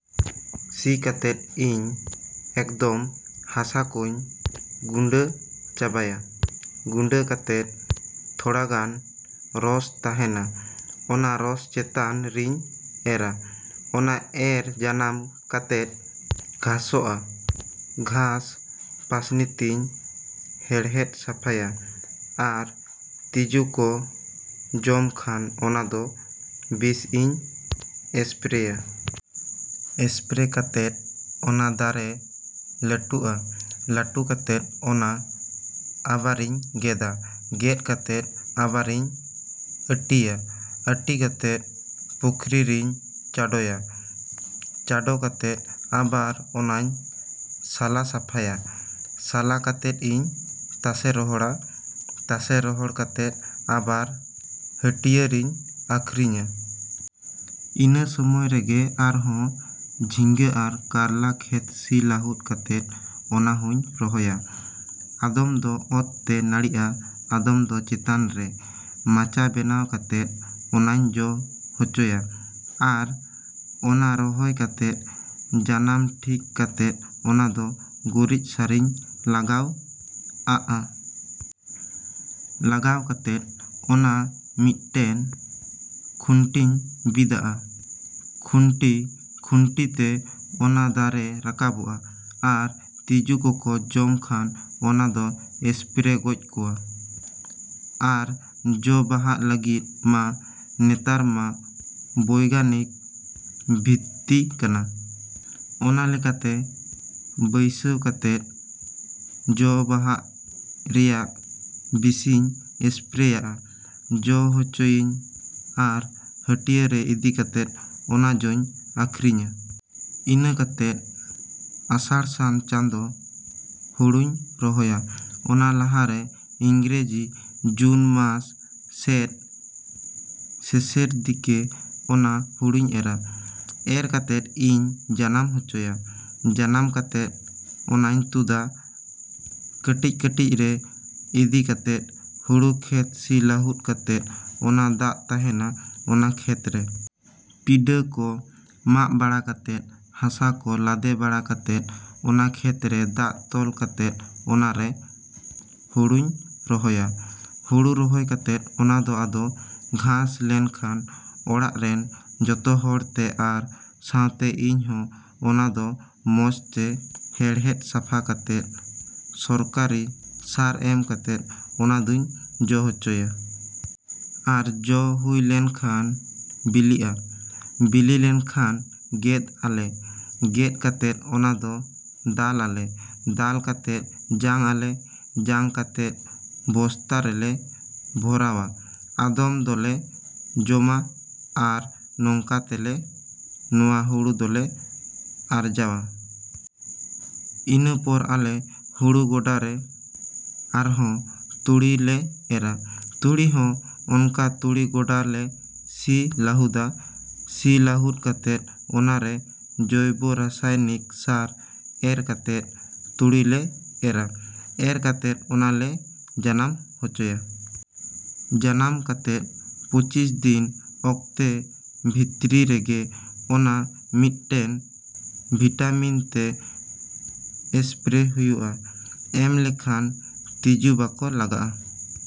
ᱥᱤ ᱠᱟᱛᱮᱫ ᱤᱧ ᱮᱠᱫᱚᱢ ᱦᱟᱥᱟ ᱠᱚᱧ ᱜᱩᱸᱰᱟᱹ ᱪᱟᱵᱟᱭᱟ᱾ ᱜᱩᱸᱰᱟᱹ ᱠᱟᱛᱮᱫ ᱛᱷᱚᱲᱟᱜᱟᱱ ᱨᱚᱥ ᱛᱟᱦᱮᱱᱟ, ᱚᱱᱟ ᱨᱚᱥ ᱪᱮᱛᱟᱱ ᱨᱤᱧ ᱮᱨᱟ᱾ ᱚᱱᱟ ᱮᱨ ᱡᱟᱱᱟᱢ ᱠᱟᱛᱮᱫ ᱜᱷᱟᱥᱚᱜᱼᱟ, ᱜᱷᱟᱥ ᱯᱟᱥᱱᱤ ᱛᱤᱧ ᱦᱮᱲᱦᱮᱫ ᱥᱟᱯᱷᱟᱭᱟ᱾ ᱟᱨ ᱛᱤᱸᱡᱩ ᱠᱚ ᱡᱚᱢ ᱠᱷᱟᱱ ᱚᱱᱟ ᱫᱚ ᱵᱤᱥ ᱤᱧ ᱥᱯᱨᱮᱭᱟ᱾ ᱥᱯᱨᱮ ᱠᱟᱛᱮᱫ ᱚᱱᱟ ᱫᱟᱨᱮ ᱞᱟᱹᱴᱩᱜᱼᱟ᱾ ᱞᱟᱹᱴᱩ ᱠᱟᱛᱮᱫ ᱚᱱᱟ ᱟᱵᱟᱨᱤᱧ ᱜᱮᱫᱟ᱾ ᱜᱮᱫ ᱠᱟᱛᱮᱫ ᱟᱵᱟᱨᱤᱧ ᱟᱹᱴᱤᱭᱟ᱾ ᱟᱹᱴᱤ ᱠᱟᱛᱮᱫ ᱯᱩᱠᱷᱨᱤ ᱨᱤᱧ ᱪᱟᱰᱚᱭᱟ᱾ ᱪᱟᱰᱚ ᱠᱟᱛᱮᱫ ᱟᱵᱟᱨ ᱚᱱᱟᱧ ᱥᱟᱞᱟ ᱥᱟᱯᱷᱟᱭᱟ᱾ ᱥᱟᱞᱟ ᱠᱟᱛᱮᱫ ᱤᱧ ᱛᱟᱥᱮ ᱨᱚᱦᱚᱲᱟ᱾ ᱛᱟᱥᱮ ᱨᱚᱦᱚᱲ ᱠᱟᱛᱮᱫ ᱟᱵᱟᱨ ᱦᱟᱹᱴᱭᱟᱹ ᱨᱤᱧ ᱟᱹᱠᱷᱨᱤᱧᱟ᱾ ᱤᱱᱟᱹ ᱥᱚᱢᱚᱭ ᱨᱮᱜᱮ ᱟᱨᱦᱚᱸ ᱡᱷᱤᱸᱜᱟᱹ ᱟᱨ ᱠᱟᱨᱞᱟ ᱠᱷᱮᱛ ᱥᱤ ᱞᱟᱹᱦᱩᱫ ᱠᱟᱛᱮᱫ ᱚᱱᱟ ᱦᱚᱧ ᱨᱚᱦᱚᱭᱟ᱾ ᱟᱫᱷᱚᱢ ᱫᱚ ᱚᱛ ᱛᱮ ᱱᱟᱹᱲᱤᱜᱼᱟ, ᱟᱫᱷᱚᱢ ᱫᱚ ᱪᱮᱛᱟᱱ ᱨᱮ ᱢᱟᱪᱟ ᱵᱮᱱᱟᱣ ᱠᱟᱛᱮᱫ ᱚᱱᱟᱧ ᱡᱚ ᱦᱚᱪᱚᱭᱟ᱾ ᱟᱨ ᱚᱱᱟ ᱨᱚᱦᱚᱭ ᱠᱟᱛᱮᱫ ᱡᱟᱱᱟᱢ ᱴᱷᱤᱠ ᱠᱟᱛᱮᱫ ᱚᱱᱟ ᱫᱚ ᱜᱩᱨᱤᱡ ᱥᱟᱨᱤᱧ ᱞᱟᱜᱟᱣ ᱟᱜᱼᱟ᱾ ᱞᱟᱜᱟᱣ ᱠᱟᱛᱮᱫ ᱚᱱᱟ ᱢᱤᱫᱴᱮᱱ ᱠᱷᱩᱱᱴᱤᱧ ᱵᱤᱫᱟᱜᱼᱟ᱾ ᱠᱷᱩᱱᱴᱤᱼᱠᱷᱩᱱᱴᱤ ᱛᱮ ᱚᱱᱟ ᱫᱟᱨᱮ ᱨᱟᱠᱟᱵᱚᱜᱼᱟ᱾ ᱟᱨ ᱛᱤᱡᱩ ᱠᱚᱠᱚ ᱡᱚᱢ ᱠᱷᱟᱱ ᱚᱱᱟ ᱫᱚ ᱥᱯᱨᱮ ᱜᱚᱡ ᱠᱚᱣᱟ᱾ ᱟᱨ ᱡᱚ ᱵᱟᱦᱟᱜ ᱞᱟᱹᱜᱤᱫ ᱢᱟ ᱱᱮᱛᱟᱨ ᱢᱟ ᱵᱳᱭᱜᱟᱱᱤᱠ ᱵᱷᱤᱛᱛᱤ ᱠᱟᱱᱟ᱾ ᱚᱱᱟ ᱞᱮᱠᱟᱛᱮ ᱵᱟᱹᱭᱥᱟᱹᱣ ᱠᱟᱛᱮᱫ ᱡᱚᱼᱵᱟᱦᱟᱜ ᱨᱮᱭᱟᱜ ᱵᱤᱥᱤᱧ ᱥᱯᱨᱮᱭᱟᱜᱼᱟ, ᱡᱚ ᱦᱚᱪᱚᱭᱟᱹᱧ ᱟᱨ ᱦᱟᱹᱴᱭᱟᱹ ᱨᱮ ᱤᱫᱤ ᱠᱟᱛᱮᱫ ᱚᱱᱟ ᱡᱚᱧ ᱟᱹᱠᱷᱨᱤᱧᱟ᱾ ᱤᱱᱟᱹ ᱠᱟᱛᱮᱫ ᱟᱥᱟᱲᱼᱥᱟᱱ ᱪᱟᱸᱫᱚ ᱦᱩᱲᱩᱧ ᱨᱚᱦᱚᱭᱟ᱾ ᱚᱱᱟ ᱞᱟᱦᱟᱨᱮ ᱤᱝᱨᱮᱡᱤ ᱡᱩᱱ ᱢᱟᱥ ᱥᱮᱫ ᱥᱮᱥᱮᱨ ᱫᱤᱠᱮ ᱚᱱᱟ ᱦᱩᱲᱩᱧ ᱮᱨᱟ᱾ ᱮᱨ ᱠᱟᱛᱮᱫ ᱤᱧ ᱡᱟᱱᱟᱢ ᱦᱚᱪᱚᱭᱟ᱾ ᱡᱟᱱᱟᱢ ᱠᱟᱛᱮᱫ ᱚᱱᱟᱧ ᱛᱩᱫᱟ ᱠᱟᱹᱴᱤᱡᱼᱠᱟᱹᱴᱤᱡ ᱨᱮ ᱤᱫᱤ ᱠᱟᱛᱮᱫ ᱦᱩᱲᱩ ᱠᱷᱮᱛ ᱥᱤ ᱞᱟᱹᱦᱩᱫ ᱠᱟᱛᱮᱫ ᱚᱱᱟ ᱫᱟᱜ ᱛᱟᱦᱮᱱᱟ ᱚᱱᱟ ᱠᱷᱮᱛᱨᱮ᱾ ᱯᱤᱰᱷᱟᱹ ᱠᱚ ᱢᱟᱜ ᱵᱟᱲᱟ ᱠᱟᱛᱮᱫ, ᱦᱟᱥᱟ ᱠᱚ ᱞᱟᱫᱮ ᱵᱟᱲᱟ ᱠᱟᱛᱮᱫ ᱚᱱᱟ ᱠᱷᱮᱛ ᱨᱮ ᱫᱟᱜ ᱛᱚᱞ ᱠᱟᱛᱮᱫ ᱚᱱᱟᱨᱮ ᱦᱩᱲᱩᱧ ᱨᱚᱦᱚᱭᱟ᱾ ᱦᱩᱲᱩ ᱨᱚᱦᱚᱭ ᱠᱟᱛᱮᱫ ᱚᱱᱟ ᱫᱚ ᱟᱫᱚ ᱜᱷᱟᱥ ᱞᱮᱱᱠᱷᱟᱱ ᱚᱲᱟᱜ ᱨᱮᱱ ᱡᱚᱛᱚ ᱦᱚᱲᱛᱮ ᱟᱨ ᱥᱟᱣᱛᱮ ᱤᱧ ᱦᱚᱸ ᱚᱱᱟ ᱫᱚ ᱢᱚᱡᱽ ᱛᱮ ᱦᱮᱲᱦᱮᱫ ᱥᱟᱯᱷᱟ ᱠᱟᱛᱮᱫ ᱥᱚᱨᱠᱟᱨᱤ ᱥᱟᱨ ᱮᱢ ᱠᱟᱛᱮᱫ ᱚᱱᱟ ᱫᱩᱧ ᱡᱚ ᱦᱚᱪᱚᱭᱟ᱾ ᱟᱨ ᱡᱚ ᱦᱩᱭ ᱞᱮᱱᱠᱷᱟᱱ ᱵᱤᱞᱤᱜᱼᱟ᱾ ᱵᱤᱞᱤ ᱞᱮᱱᱠᱷᱟᱱ ᱜᱮᱫ ᱟᱞᱮ᱾ ᱜᱮᱫ ᱠᱟᱛᱮᱫ ᱚᱱᱟ ᱫᱚ ᱫᱟᱞ ᱟᱞᱮ᱾ ᱫᱟᱞ ᱠᱟᱛᱮᱫ ᱡᱟᱝ ᱟᱞᱮ᱾ ᱡᱟᱝ ᱠᱟᱛᱮᱫ ᱵᱚᱥᱛᱟ ᱨᱮᱞᱮ ᱵᱷᱚᱨᱟᱣᱟ᱾ ᱟᱫᱚᱢ ᱫᱚᱞᱮ ᱡᱚᱢᱟ᱾ ᱟᱨ ᱱᱚᱝᱠᱟ ᱛᱮ ᱞᱮ ᱱᱚᱣᱟ ᱦᱩᱲᱩ ᱫᱚᱞᱮ ᱟᱨᱡᱟᱣᱟ᱾ ᱤᱱᱟᱹ ᱯᱚᱨ ᱟᱞᱮ ᱦᱩᱲᱩ ᱜᱚᱰᱟᱨᱮ ᱟᱨᱦᱚᱸ ᱛᱩᱲᱤ ᱞᱮ ᱮᱨᱟ᱾ ᱛᱩᱲᱤ ᱦᱚᱸ ᱚᱱᱠᱟ ᱛᱩᱲᱤ ᱜᱚᱰᱟ ᱞᱮ ᱥᱤ ᱞᱟᱹᱦᱩᱫᱟ᱾ ᱥᱤ ᱞᱟᱹᱦᱩᱫ ᱠᱟᱛᱮᱫ ᱚᱱᱟᱨᱮ ᱡᱳᱭᱵᱚ ᱨᱟᱥᱟᱭᱚᱱᱤᱠ ᱥᱟᱨ ᱮᱨ ᱠᱟᱛᱮᱫ ᱛᱩᱲᱤᱞᱮ ᱮᱨᱟ᱾ ᱮᱨ ᱠᱟᱛᱮᱫ ᱚᱱᱟᱞᱮ ᱡᱟᱱᱟᱢ ᱦᱚᱪᱚᱭᱟ᱾ ᱡᱟᱱᱟᱢ ᱠᱟᱛᱮᱫ ᱯᱚᱸᱪᱤᱥ ᱫᱤᱱ ᱚᱠᱛᱮ ᱵᱷᱤᱛᱨᱤ ᱨᱮᱜᱮ ᱚᱱᱟ ᱢᱤᱫᱴᱮᱱ ᱵᱷᱤᱴᱟᱢᱤᱱ ᱛᱮ ᱥᱯᱨᱮ ᱦᱩᱭᱩᱜᱼᱟ᱾ ᱮᱢ ᱞᱮᱠᱷᱟᱱ ᱛᱤᱡᱩ ᱵᱟᱠᱚ ᱞᱟᱜᱟᱜᱼᱟ᱾